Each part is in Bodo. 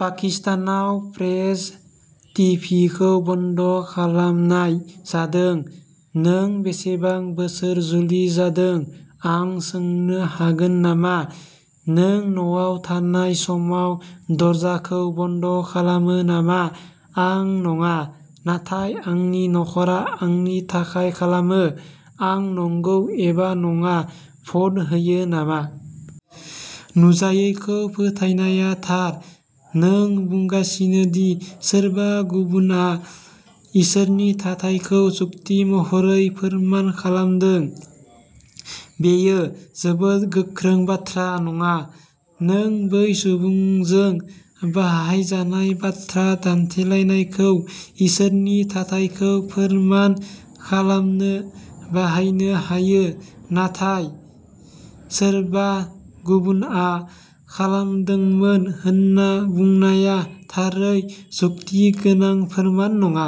पाकिस्तानाव प्रेस टिभिखौ बन्द' खालामनाय जादों। नों बेसेबां बोसोर जुलि जादों, आं सोंनो हागोन नामा? नों न'आव थानाय समाव दरजाखौ बन्द' खालामो नामा? आं नङा, नाथाय आंनि न'खरा आंनि थाखाय खालामो। आं नंगौ एबा नङा भ'ट होयो नामा? नुजायैखौ फोथायनाया थार? नों बुंगासिनो दि सोरबा गुबुनआ इसोरनि थाथायखौ जुक्ति महरै फोरमान खालामदों, बेयो जोबोद गोख्रों बाथ्रा नङा। नों बै सुबुंजों बाहायजानाय बाथ्रा दान्थेलायनायखौ इसोरनि थाथायखौ फोरमान खालामनो बाहायनो हायो, नाथाय सोरबा गुबुनआ खालामदोंमोन होनना बुंनाया थारै जुक्ति गोनां फोरमान नङा।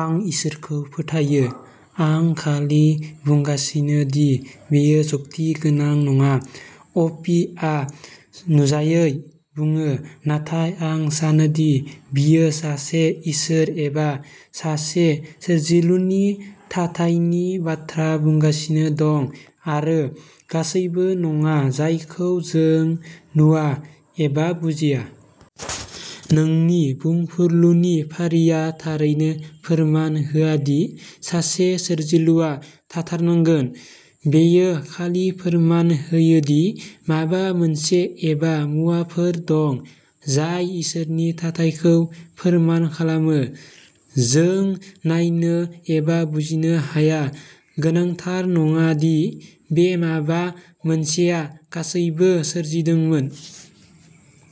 आं इसोरखौ फोथायो। आं खालि बुंगासिनो दि बेयो जुक्ति गोनां नङा। अ. पि. आ "नुजायै" बुङो, नाथाय आं सानोदि बियो सासे इसोर एबा सासे सोरजिलुनि थाथायनि बाथ्रा बुंगासिनो दं आरो गासैबो नङा जायखौ जों "नुवा" एबा बुजिया। नोंनि बुंफुरलुनि फारिया थारैनो फोरमान होआ दि सासे सोरजिलुआ थाथारनांगोन। बेयो खालि फोरमान होयो दि माबा मोनसे एबा मुवाफोर दं जाय इसोरनि थाथायखौ फोरमान खालामो। जों नायनो एबा बुजिनो हाया, गोनांथार नङा दि बे माबा मोनसेया गासैबो सोरजिदोंमोन।